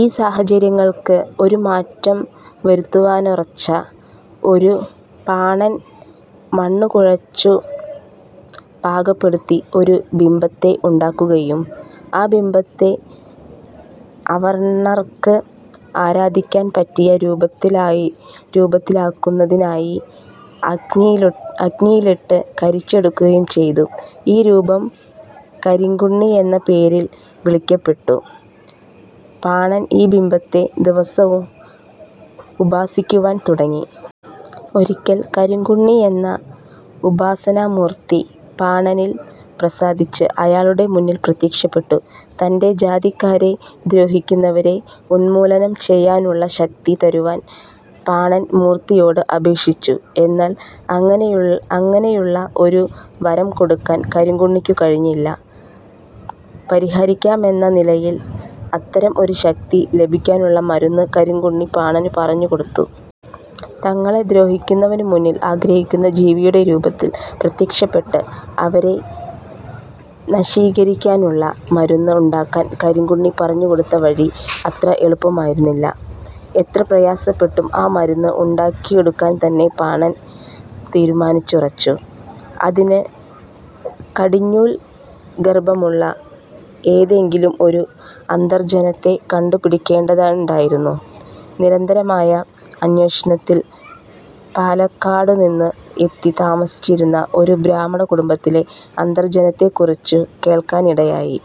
ഈ സാഹചര്യങ്ങൾക്ക് ഒരു മാറ്റം വരുത്തുവാനുറച്ച ഒരു പാണൻ മണ്ണു കുഴച്ചു പാകപ്പെടുത്തി ഒരു ബിംബത്തെ ഉണ്ടാക്കുകയും ആ ബിംബത്തെ അവർണ്ണർക്ക് ആരാധിക്കാൻ പറ്റിയ രൂപത്തിലാക്കുന്നതിനായി അഗ്നിയിലിട്ട് കരിച്ചെടുക്കുകയും ചെയ്തു. ഈ രൂപം കരിങ്കുണ്ണിഎന്ന പേരിൽ വിളിക്കപ്പെട്ടു. പാണൻ ഈ ബിംബത്തെ ദിവസവും ഉപാസിക്കുവാൻ തുടങ്ങി. ഒരിക്കൽ കരിങ്കുണ്ണിയെന്ന ഉപാസനാമൂർത്തി പാണനിൽ പ്രസാദിച്ച് അയാളുടെ മുന്നിൽ പ്രത്യക്ഷപ്പെട്ടു. തന്റെ ജാതിക്കാരെ ദ്രോഹിക്കുന്നവരെ ഉന്മൂലനം ചെയ്യാനുള്ള ശക്തി തരുവാൻ പാണൻ മൂർത്തിയോട് അപേക്ഷിച്ചു. എന്നാൽ അങ്ങനെയുള്ള ഒരു വരം കൊടുക്കാൻ കരിങ്കുണ്ണിക്കു കഴിഞ്ഞില്ല. പരിഹാരമെന്ന നിലയിൽ അത്തരം ഒരു ശക്തി ലഭിക്കാനുളള മരുന്ന് കരിങ്കുണ്ണിപാണനു പറഞ്ഞു കൊടുത്തു. തങ്ങളെ ദ്രോഹിക്കുന്നവനു മുന്നിൽ ആഗ്രഹിക്കുന്ന ജീവിയുടെ രൂപത്തിൽ പ്രത്യക്ഷപ്പെട്ട് അവരെ നശീകരിക്കാനുള്ള മരുന്ന് ഉണ്ടാക്കാൻ കരിങ്കുട്ടി പറഞ്ഞുകൊടുത്ത വഴി അത്ര എളുപ്പമായിരുന്നില്ല. എത്ര പ്രയാസപ്പെട്ടും ആ മരുന്ന് ഉണ്ടാക്കിയെടുക്കാൻതന്നെ പാണൻ തീരുമാനിച്ചുറച്ചു. അതിന് കടിഞ്ഞൂൽ ഗർഭമുള്ള ഏതെങ്കിലും ഒരു അന്തർജനത്തെ കണ്ടു പിടിക്കേണ്ടതുണ്ടായിരുന്നു. നിരന്തരമായ അന്വേഷണത്തിൽ പാലക്കാടു നിന്ന് എത്തി താമസമാരംഭിച്ച ഒരു ബ്രാഹ്മണ കുടുംബത്തിലെ അന്തർജ്ജനത്തെക്കുറിച്ചു കേൾക്കാനിടയായി.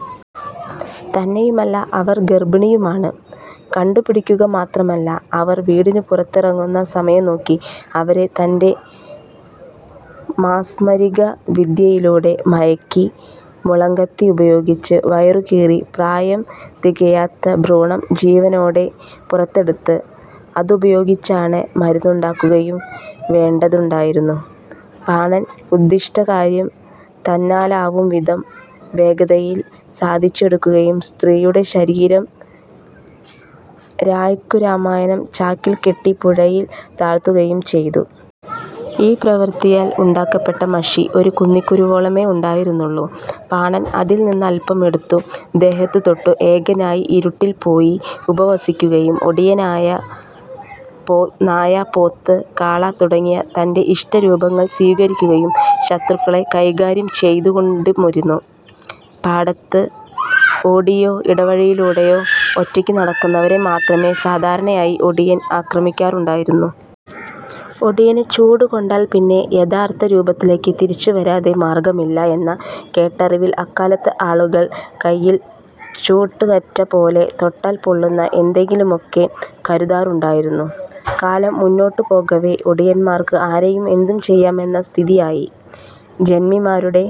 തന്നെയുമല്ല അവർ ഗർഭിണിയുമാണ്. കണ്ടുപിടിക്കുക മാത്രമല്ല അവർ വീടിനു പുറത്തിറങ്ങുന്ന സമയം നോക്കി അവരെ തന്റെ മാസ്മരിക വിദ്യയിലൂടെ മയക്കി മുളങ്കത്തി ഉപയോഗിച്ചു വയറു കീറി പ്രായം തികയാത്ത ഭ്രൂണം ജീവനോടെ പുറത്തെടുത്ത് അതുപയോഗിച്ചാണ് മരുന്നുണ്ടാക്കുയും വേണ്ടതുണ്ടായിരുന്നു. പാണൻ ഉദ്ദിഷ്ടകാര്യം തന്നാലാവും വിധം വേഗതയിൽ സാധിച്ചെടുക്കുകയും സ്ത്രീയുടെ ശരീരം രായ്ക്കു രാമായണം ചാക്കിൽ കെട്ടി പുഴയിൽ താഴ്ത്തുകയും ചെയ്തു. ഈ പ്രവൃത്തിയാൽ ഉണ്ടാക്കപ്പെട്ട മഷി ഒരു കുന്നിക്കുരുവോളമേയുണ്ടായിരുന്നുള്ളൂ. പാണൻ അതിൽനിന്ന് അൽപ്പം എടുത്തു ദേഹത്ത് തൊട്ട്, ഏകനായി ഇരുട്ടിൽ പോയി ഉപവസിക്കുകയും ഒടിയനായി നായ, പോത്ത്, കാള തുടങ്ങിയ തന്റെ ഇഷ്ടരൂപങ്ങൾ സ്വീകരിക്കുകയും ശത്രുക്കളെ കൈകാര്യം ചെയ്തുകൊണ്ടുമിരുന്നു. പാടത്ത് കൂടിയോ, ഇടവഴിയിലൂടെയോ ഒറ്റയ്ക്ക് നടക്കുന്നവരെ മാത്രമേ സാധാരയായി ഒടിയൻ ആക്രമിക്കാറുണ്ടായിരുന്നു. ഒടിയനു ചൂട് കൊണ്ടാൽപ്പിന്നെ യഥാർത്ഥ രൂപത്തിലേക്ക് തിരിച്ചു വരാതെ മാർഗ്ഗമില്ല എന്ന കേട്ടറിവിൽ അക്കാലത്ത് ആളുകൾ കൈയിൽ ചൂട്ടുകറ്റ പോലെ തൊട്ടാൽ പൊള്ളുന്ന എന്തെങ്കിലുമൊക്കെ കരുതാറുണ്ടായിരുന്നു. കാലം മുന്നോട്ടു പോകവേ ഒടിന്മാർക്ക് ആരെയും എന്തും ചെയ്യാമെന്ന സ്ഥിതിയായി. ജന്മിമാരുടെ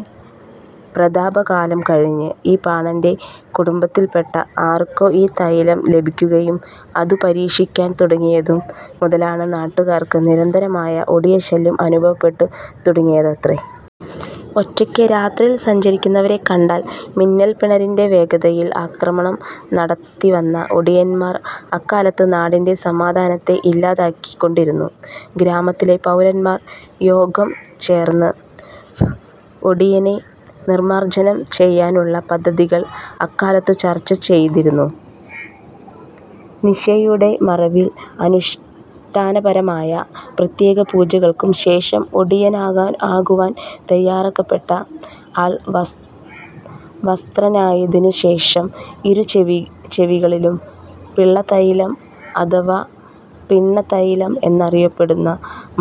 പ്രതാപ കാലം കഴിഞ്ഞ് ഈ പാണന്റെ കുടുംബത്തിൽപ്പെട്ട ആർക്കോ ഈ തൈലം ലഭിക്കുകയും അതു പരീക്ഷിക്കാൻ തുടങ്ങിയതും മുതലാണ് നാട്ടുകാർക്ക് നിരന്തരമായ 'ഒടിയ ശല്യം' അനുഭവപ്പെട്ടു തുടങ്ങിയതത്രേ. ഒറ്റയ്ക്ക് രാത്രിയിൽ സഞ്ചരിക്കുന്നവരെ കണ്ടാൽ മിന്നൽപ്പിണരിൻറെ വേഗതയിൽ ആക്രമണം നടത്തിവന്ന ഒടിയൻമാർ അക്കാലത്ത് നാടിൻറെ സമാധാനത്തെ ഇല്ലാതാക്കി കൊണ്ടിരുന്നു. ഗ്രാമത്തിലെ പൌരന്മാർ യോഗം ചേർന്ന് ഒടിയനെ നിർമ്മാർജ്ജനം ചെയ്യാനുള്ള പദ്ധതികൾ അക്കാലത്തു ചർച്ച ചെയ്തിരുന്നു. നിശയുടെ മറവിൽ, അനുഷ്ഠാനപരമായ പ്രത്യേക പൂജകൾക്കു ശേഷം ഒടിയനാകുവാൻ തയ്യാറാക്കപ്പെട്ട ആൾ വിവസ്ത്രനായതിനു ശേഷം ഇരു ചെവികളിലും പിള്ള തൈലം അഥവാ പിണ്ണതൈലം എന്നറിയപ്പെടുന്ന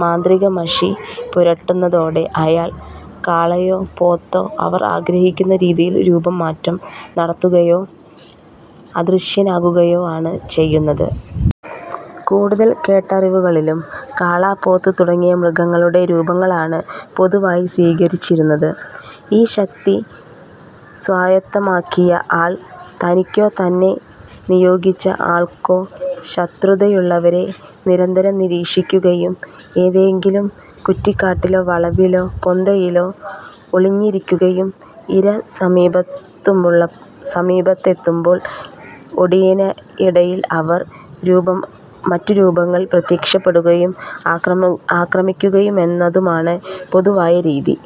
മാന്ത്രിക മഷി പുരട്ടുന്നതോടെ അയാൾ കാളയായോ പോത്തായോ അവർ ആഗ്രഹിക്കുന്ന രീതിയിൽ രൂപം മാറ്റം നടത്തുകയോ അദൃശ്യനാകുകയോ ആണ് ചെയ്യുന്നത്. കൂടുതൽ കേട്ടറിവുകളിലും കാള, പോത്ത് തുടങ്ങിയ മൃഗങ്ങളുടെ രൂപങ്ങളാണ് പൊതുവായി സ്വീകരിച്ചിരുന്നത്. ഈ ശക്തി സ്വായത്തമാക്കിയ ആൾ തനിക്കോ തന്നെ നിയോഗിച്ച ആൾക്കോ ശത്രുതയുള്ളവരെ നിരന്തരം നിരീക്ഷിക്കുകയും ഏതെങ്കിലും കുറ്റിക്കാട്ടിലോ വളവിലോ പൊന്തയിലോ ഒളിഞ്ഞിരിക്കുകയും ഇര സമീപത്തെത്തുമ്പോൾ ഒടിയനെ ഇടയിൽ ഇവർ മറ്റുരൂപങ്ങളിൽ പ്രത്യക്ഷപ്പെടുകയും ആക്രമിക്കുകയുമെന്നതാണ് പൊതുവായ രീതി.